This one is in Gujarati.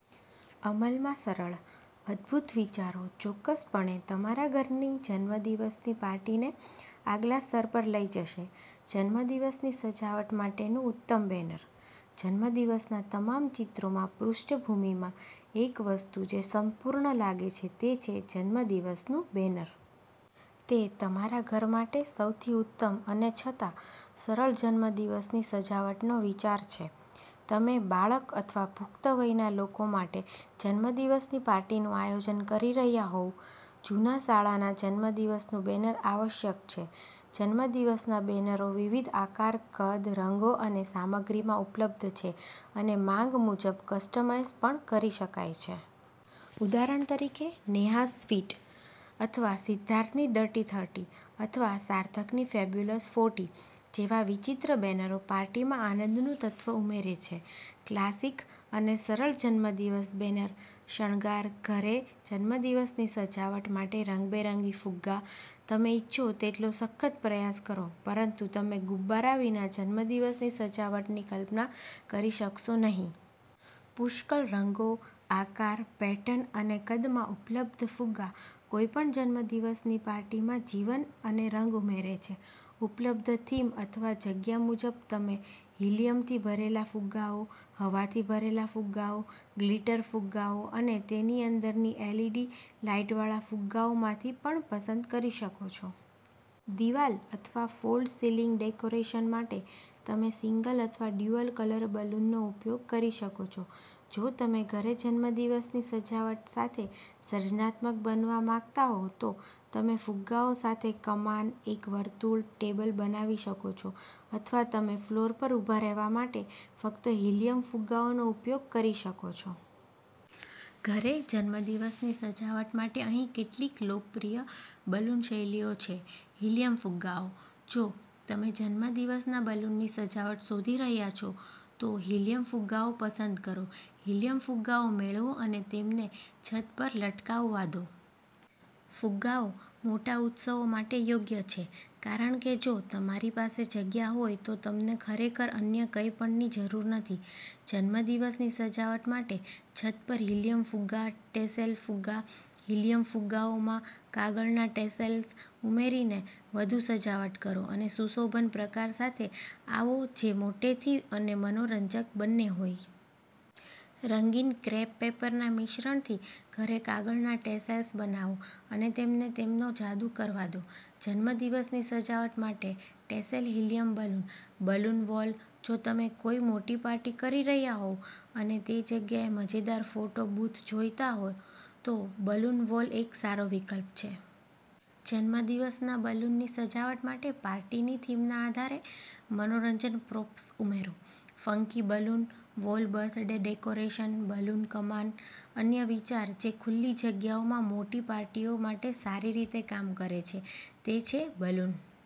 અમલમાં સરળ, અદ્ભુત વિચારો ચોક્કસપણે તમારા ઘરની જન્મદિવસની પાર્ટીને આગલા સ્તર પર લઈ જશે. જન્મદિવસની સજાવટ માટેનું ઉત્તમ બેનર. જન્મદિવસના તમામ ચિત્રોમાં પૃષ્ઠભૂમિમાં એક વસ્તુ જે સંપૂર્ણ લાગે છે તે છે જન્મદિવસનું બેનર. તે તમારા ઘર માટે સૌથી ઉત્તમ અને છતાં સરળ જન્મદિવસની સજાવટનો વિચાર છે. તમે બાળક અથવા પુખ્ત વયના લોકો માટે જન્મદિવસની પાર્ટીનું આયોજન કરી રહ્યાં હોવ, જૂના શાળાના જન્મદિવસનું બેનર આવશ્યક છે. જન્મદિવસના બેનરો વિવિધ આકાર, કદ, રંગો અને સામગ્રીમાં ઉપલબ્ધ છે અને માંગ મુજબ કસ્ટમાઇઝ પણ કરી શકાય છે. ઉદાહરણ તરીકે, 'નેહાઝ સ્વીટ' અથવા 'સિદ્ધાર્થની ડર્ટી થર્ટી' અથવા 'સાર્થકની ફેબ્યુલસ ફોર્ટી' જેવા વિચિત્ર બેનરો પાર્ટીમાં આનંદનું તત્વ ઉમેરે છે. ક્લાસિક અને સરળ 'જન્મદિવસ બેનર' શણગાર. ઘરે જન્મદિવસની સજાવટ માટે રંગબેરંગી ફુગ્ગા. તમે ઇચ્છો તેટલો સખત પ્રયાસ કરો, પરંતુ તમે ગુબ્બારા વિના જન્મદિવસની સજાવટની કલ્પના કરી શકશો નહીં. પુષ્કળ રંગો, આકાર, પેટર્ન અને કદમાં ઉપલબ્ધ, ફુગ્ગા કોઈપણ જન્મદિવસની પાર્ટીમાં જીવન અને રંગ ઉમેરે છે. ઉપલબ્ધ થીમ અથવા જગ્યા મુજબ, તમે હિલીયમથી ભરેલા ફુગ્ગાઓ, હવાથી ભરેલા ફુગ્ગાઓ, ગ્લિટર ફુગ્ગાઓ અને તેની અંદરની એલઇડી લાઇટવાળા ફુગ્ગાઓમાંથી પણ પસંદ કરી શકો છો. દિવાલ અથવા ફોલ્સ સીલિંગ ડેકોરેશન માટે, તમે સિંગલ અથવા ડ્યુઅલ કલર બલૂનનો ઉપયોગ કરી શકો છો. જો તમે ઘરે જન્મદિવસની સજાવટ સાથે સર્જનાત્મક બનવા માંગતા હો, તો તમે ફુગ્ગાઓ સાથે કમાન, એક વર્તુળ, ટેબલ બનાવી શકો છો અથવા તમે ફ્લોર પર ઊભા રહેવા માટે ફક્ત હિલીયમ ફુગ્ગાઓનો ઉપયોગ કરી શકો છો. ઘરે જન્મદિવસની સજાવટ માટે અહીં કેટલીક લોકપ્રિય બલૂન શૈલીઓ છે. હિલીયમ ફુગ્ગાઓ. જો તમે જન્મદિવસના બલૂનની સજાવટ શોધી રહ્યા છો, તો હિલીયમ ફુગ્ગાઓ પસંદ કરો. હિલીયમ ફુગ્ગાઓ મેળવો અને તેમને છત પર લટકાવવા દો. ફુગ્ગાઓ મોટા ઉત્સવો માટે યોગ્ય છે કારણ કે જો તમારી પાસે જગ્યા હોય તો તમને ખરેખર અન્ય કંઈપણની જરૂર નથી. જન્મદિવસની સજાવટ માટે છત પર હિલીયમ ફુગ્ગા. ટેસેલ ફુગ્ગા. હિલીયમ ફુગ્ગાઓમાં કાગળના ટેસેલ્સ ઉમેરીને વધુ સજાવટ કરો અને સુશોભન પ્રકાર સાથે આવો જે મોટેથી અને મનોરંજક બંને હોય. રંગીન ક્રેપ પેપરના મિશ્રણથી ઘરે કાગળના ટેસેલ્સ બનાવો અને તેમને તેમનો જાદુ કરવા દો. જન્મદિવસની સજાવટ માટે tassel helium balloon. Balloon wall. જો તમે કોઈ મોટી પાર્ટી કરી રહ્યા હોવ અને તે જગ્યાએ મજેદાર ફોટો બૂથ જોઈતા હો, તો બલૂન વોલ એક સારો વિકલ્પ છે. જન્મદિવસના બલૂનની સજાવટ માટે પાર્ટીની થીમના આધારે મનોરંજક પ્રોપ્સ ઉમેરો. Funky balloon wall birthday decoration. Balloon કમાન. અન્ય વિચાર જે ખુલ્લી જગ્યાઓમાં મોટી પાર્ટીઓ માટે સારી રીતે કામ કરે છે તે છે બલૂન